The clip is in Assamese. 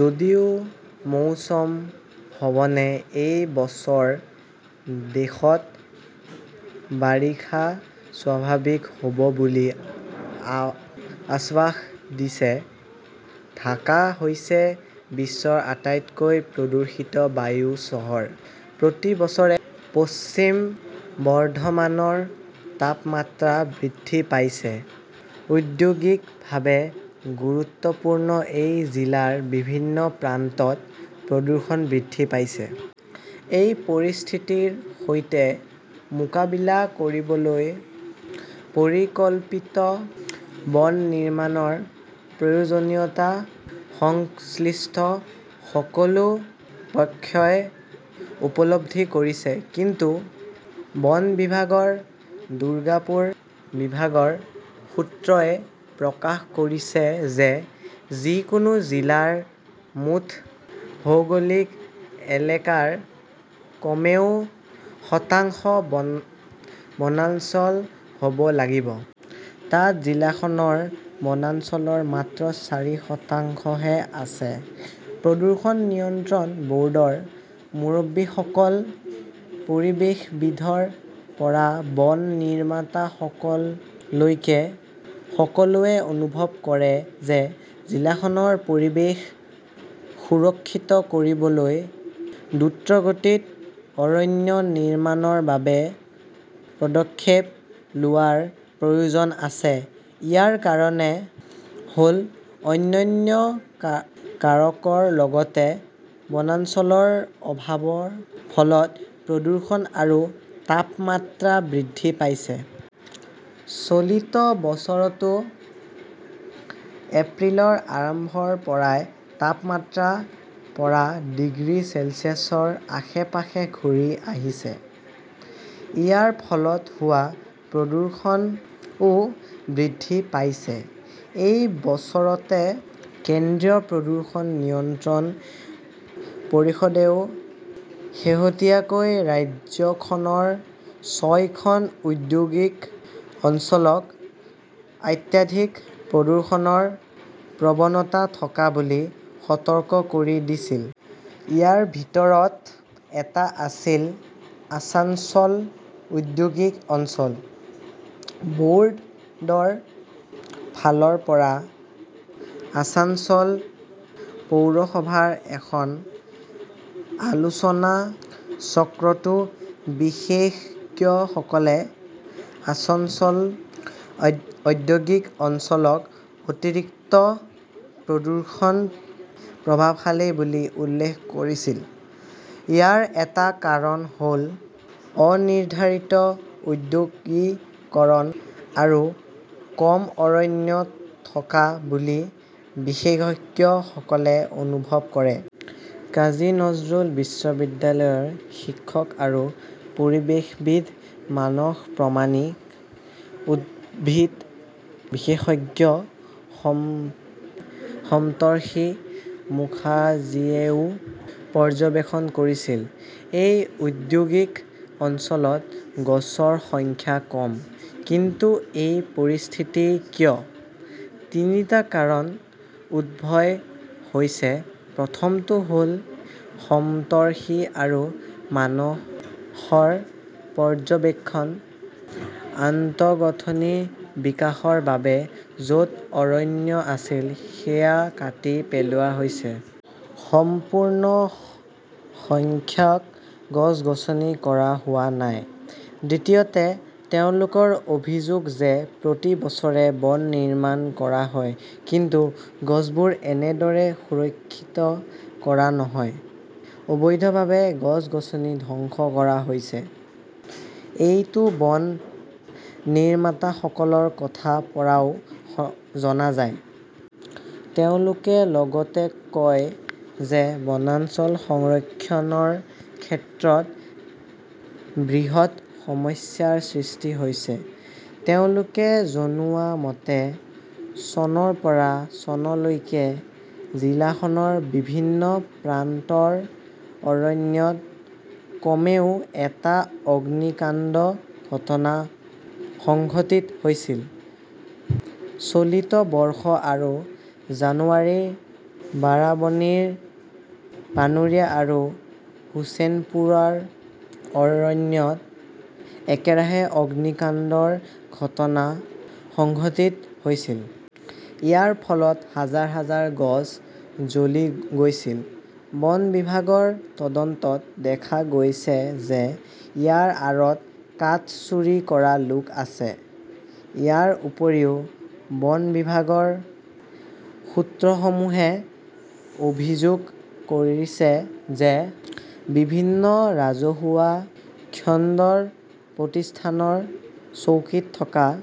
যদিও মৌচুম ভৱনে এই বছৰ দেশত বাৰিষা স্বাভাৱিক হ "ব বুলি আশ্বাস দিছে। ঢাকা হৈছে বিশ্বৰ আটাইতকৈ প্ৰদূষিত বায়ু চহৰ। প্ৰতি বছৰে পশ্চিম বৰ্ধমানৰ তাপমাত্ৰা বৃদ্ধি পাইছে। ঔদ্যোগিকভাৱে গুৰুত্বপূৰ্ণ এই জিলাৰ বিভিন্ন প্ৰান্তত প্ৰদূষণ বৃদ্ধি পাইছে। এই পৰিস্থিতিৰ সৈতে মোকাবিলা কৰিবলৈ পৰিকল্পিত বন নিৰ্মাণৰ প্ৰয়োজনীয়তা সংশ্লিষ্ট সকলো পক্ষই উপলব্ধি কৰিছে। কিন্তু বন বিভাগৰ দুৰ্গাপুৰ বিভাগৰ সূত্ৰই প্ৰকাশ কৰিছে যে যিকোনো জিলাৰ মুঠ ভৌগোলিক এলেকাৰ কমেও শতাংশ বনাঞ্চল হ 'ব লাগিব। তাত জিলাখনৰ বনাঞ্চলৰ মাত্ৰ চাৰি শতাংশহে আছে। প্ৰদূষণ নিয়ন্ত্ৰণ ব "ৰ্ডৰ মুৰব্বীসকল, পৰিৱেশবিদৰ পৰা বন নিৰ্মাতাসকললৈকে সকলোৱে অনুভৱ কৰে যে জিলাখনৰ পৰিৱেশ সুৰক্ষিত কৰিবলৈ দ্ৰুতগতিত অৰণ্য নিৰ্মাণৰ বাবে পদক্ষেপ লোৱাৰ প্ৰয়োজন আছে। ইয়াৰ কাৰণ হ "ল অন্যান্য কাৰকৰ লগতে বনাঞ্চলৰ অভাৱৰ ফলত প্ৰদূষণ আৰু তাপমাত্ৰা বৃদ্ধি পাইছে। চলিত বছৰতো এপ্ৰিলৰ আৰম্ভণিৰে পৰা তাপমাত্ৰা ৰ পৰা ডিগ্ৰী চেলছিয়াছৰ আশে-পাশে ঘূৰি আহিছে। ইয়াৰ ফলত হোৱা প্ৰদূষণও বৃদ্ধি পাইছে। এই বছৰতে কেন্দ্ৰীয় প্ৰদূষণ নিয়ন্ত্ৰণ পৰিষদেও শেহতীয়াকৈ ৰাজ্যখনৰ ছয়খন ঔদ্যোগিক অঞ্চলক অত্যাধিক প্ৰদূষণৰ প্ৰৱণতা থকা বুলি সতৰ্ক কৰি দিছিল। ইয়াৰ ভিতৰত এটা আছিল আছানছোল ঔদ্যোগিক অঞ্চল। ব "ৰ্ডৰ ফালৰ পৰা আসনছ" ল পৌৰসভাৰ এখন আলোচনাচক্ৰতো বিশেষজ্ঞসকলে আসনছ "ল ঔদ্যোগিক অঞ্চলক অতিৰিক্ত 'প্ৰদূষণ-প্ৰভাৱশালী" বুলি উল্লেখ কৰিছিল। ইয়াৰ এটা কাৰণ হ "ল অনিৰ্ধাৰিত ঔদ্যোগিকৰণ আৰু কম অৰণ্য থকা বুলি বিশেষজ্ঞসকলে অনুভৱ কৰে। কাজী নজৰুল বিশ্ববিদ্যালয়ৰ শিক্ষক আৰু পৰিৱেশবিদ মানস প্ৰমাণিক, উদ্ভিদ বিশেষজ্ঞ সপ্তৰ্ষী মুখাৰ্জীয়েও পৰ্যবেক্ষণ কৰিছিল, "এই ঔদ্যোগিক অঞ্চলত গছৰ সংখ্যা কম। "কিন্তু এই পৰিস্থিতি কিয়? তিনিটা কাৰণ উদ্ভৱ হৈছে-প্ৰথমটো হ "ল সপ্তৰ্ষী আৰু মানসৰ পৰ্যবেক্ষণঃ" আন্তঃগাঁথনিৰ বিকাশৰ বাবে য "ত অৰণ্য আছিল সেয়া কাটি পেলোৱা হৈছে। সম্পূৰ্ণ সংখ্যক গছ-গছনি কৰা হোৱা নাই। "দ্বিতীয়তে, তেওঁলোকৰ অভিযোগ যে প্ৰতি বছৰে বন নিৰ্মাণ কৰা হয়। কিন্তু গছবোৰ এনেদৰে সুৰক্ষিত কৰা নহয়। অবৈধভাৱে গছ-গছনি ধ্বংস কৰা হৈছে। এইটো বন নিৰ্মাতাসকলৰ কথাৰ পৰাও জনা যায়। তেওঁলোকে লগতে কয় যে বনাঞ্চল সংৰক্ষণৰ ক্ষেত্ৰত বৃহৎ সমস্যাৰ সৃষ্টি হৈছে। তেওঁলোকে জনোৱা মতে, চনৰ পৰা চনলৈকে জিলাখনৰ বিভিন্ন প্ৰান্তৰ অৰণ্যত কমেও টা অগ্নিকাণ্ডৰ ঘটনা সংঘটিত হৈছিল। চলিত বৰ্ষৰ আৰু জানুৱাৰীত বাৰাবনীৰ পানুৰিয়া আৰু হোচেনপুৰাৰ অৰণ্যত একেৰাহে অগ্নিকাণ্ডৰ ঘটনা সংঘটিত হৈছিল। ইয়াৰ ফলত হাজাৰ হাজাৰ গছ জ্বলি গৈছিল। বন বিভাগৰ তদন্তত দেখা গৈছে যে ইয়াৰ আঁৰত কাঠ চুৰি কৰা লোক আছে। ইয়াৰ উপৰিও, বন বিভাগৰ সূত্ৰসমূহে অভিযোগ কৰিছে যে বিভিন্ন ৰাজহুৱা খণ্ডৰ প্ৰতিষ্ঠানৰ চৌকীত থকা